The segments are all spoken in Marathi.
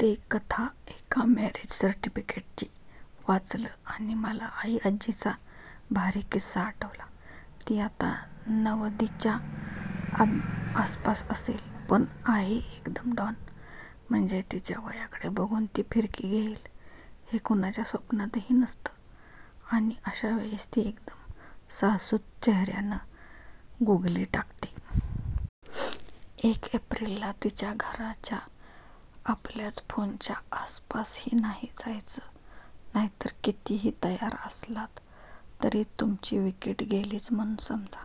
ते 'कथा एका मॅरेज सर्टिफिकेटची' वाचलं आणि मला माई आज्जीचा भारी किस्सा आठवला. ती आता नवद्दीच्या आसपास असेल. पण आहे एकदम डॉन! म्हणजे तिच्या वयाकडे बघून ती फिरकी घेईल, हे कुणाच्या स्वप्नातही नसतं आणि अशा वेळेस ती एकदम साळसूद चेहर्यानं गूगली टाकते. एक एप्रिलला तिच्या घराच्या, आपल्याच फोनच्या आसपासही नाही जायचं नाहीतर कितीही तयार असलात तरी तुमची विकेट गेलीच म्हणून समजा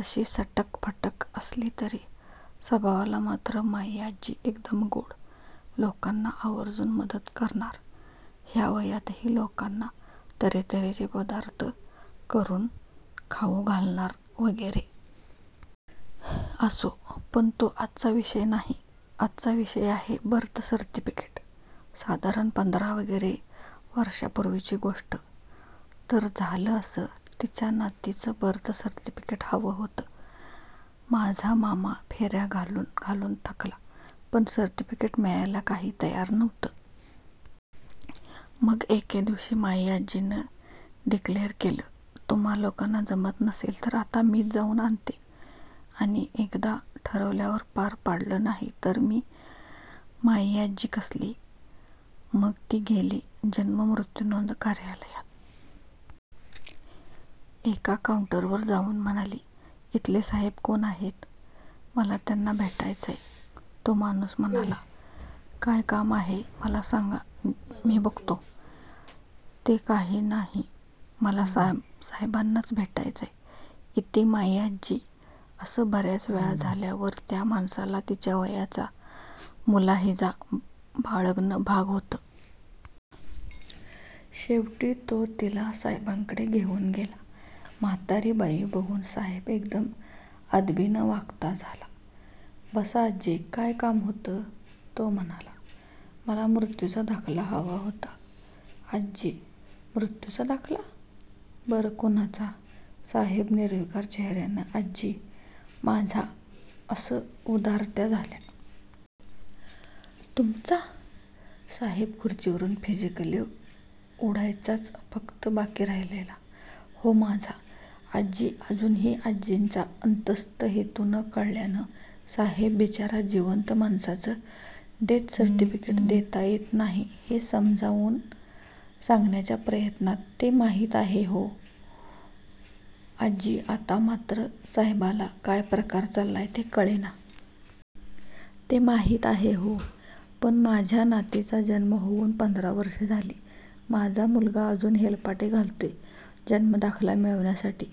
तशी सटकफटक असली तरी स्वभावाला मात्र माईआज्जी एकदम गोड लोकांना आवर्जून मदत करणार, ह्या वयातही लोकांना तर्हेतर्हेचे पदार्थ करून खावू घालणार वगैरे. असो, पण तो आजचा विषय नाही! आजचा विषय आहे बर्थ सर्टिफिकेट. साधारण पंधरा वगैरे वर्षापूर्वीची गोष्ट. तर झालं असं तिच्या नातीचं बर्थ सर्टिफिकेट हवं होतं. माझा मामा फेर्या घालून घालून थकला, पण सर्टिफिकेट मिळायला काही तयार नव्हतं. मग एके दिवशी माई आज्जीनं डिक्लेअर केलं 'तुम्हा लोकांना जमत नसेल तर आता मीच जाऊन आणते' आणि एकदा ठरवल्यावर पार पाडलं नाही तर ती माई आज्जी कसली! मग ती गेली 'जन्म मृत्यू नोंदणी' कार्यालयात. एका काऊंटरवर जाऊन म्हणाली 'इथले साहेब कोण आहेत? मला त्यांना भेटायचय. ' तो माणूस म्हणाला, "काय काम आहे मला सांगा. मी बघतो". "ते काही नाही मला साहेबांनाच भेटायचय" इती माई आज्जी. असं बर्याच वेळ झाल्यावर त्या माणसाला तिच्या वयाचा मुलाहिजा बाळगणं भाग होतं. शेवटी तो तिला साहेबांकडे घेऊन गेला. म्हातारी बाई बघून साहेब एकदम आदबीन वागता झाला. 'बसा आजी. काय काम होतं', तो म्हणाला. 'मला मृत्यूचा दाखला हवा होता' आजी. 'मृत्यूचा दाखला? बरं, कुणाचा" साहेब निर्विकार चेहर्यानं आजी "माझा" असं उद्गारत्या झाल्या. "तुमचा " साहेब खूर्चीवरून फिजीकली उडायचाच फक्त बाकी राहिलेला "हो माझा " आजी अजूनही आजींचा अंतस्थ हेतू न कळल्यानं साहेब बिचारा 'जिवंत माणसाचं डेथ सर्टिफिकेट देता येत नाही' हे समजावून सांगण्याच्या प्रयत्नात "ते माहित आहे हो" आजी आता मात्र साहेबाला काय प्रकार चाल्लाय ते कळेना. ते माहित आहे हो, पण माझ्या नातीचा जन्म होऊन पंधरा वर्ष झाली, माझा मुलगा अजून हेलपाटे घालतोय जन्म दाखला मिळवण्यासाठी.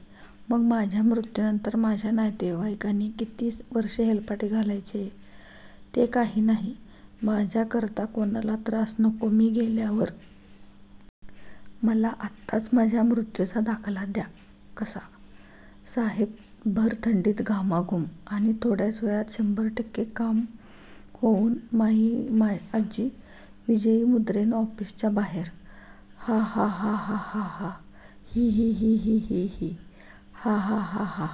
मग माझ्या मृत्यूनंतर माझ्या नातेवाईकांनी किती वर्ष हेलपाटे घालायचे ते काही नाही. माझ्या करता कुणाला त्रास नको मी गेल्यावर. मला आताच माझ्या मृत्यूचा दाखला द्या कसा! " साहेब भर थंडीत घामाघूम! आणि थोड्याच वेळात शंभर टक्के काम होऊन माईआजी विजयी मुद्रेनं ऑफिसच्या बाहेर! हा हा हा हा हा हा ही ही ही ही ही हा हा हा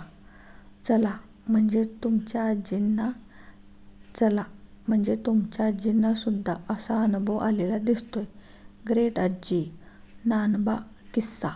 चला म्हणजे तुमच्या आजींना चला म्हणजे तुमच्या आजींना सुद्धा तसा अनुभव आलेला दिसतोय. ग्रेट आजी, नानबा, किस्सा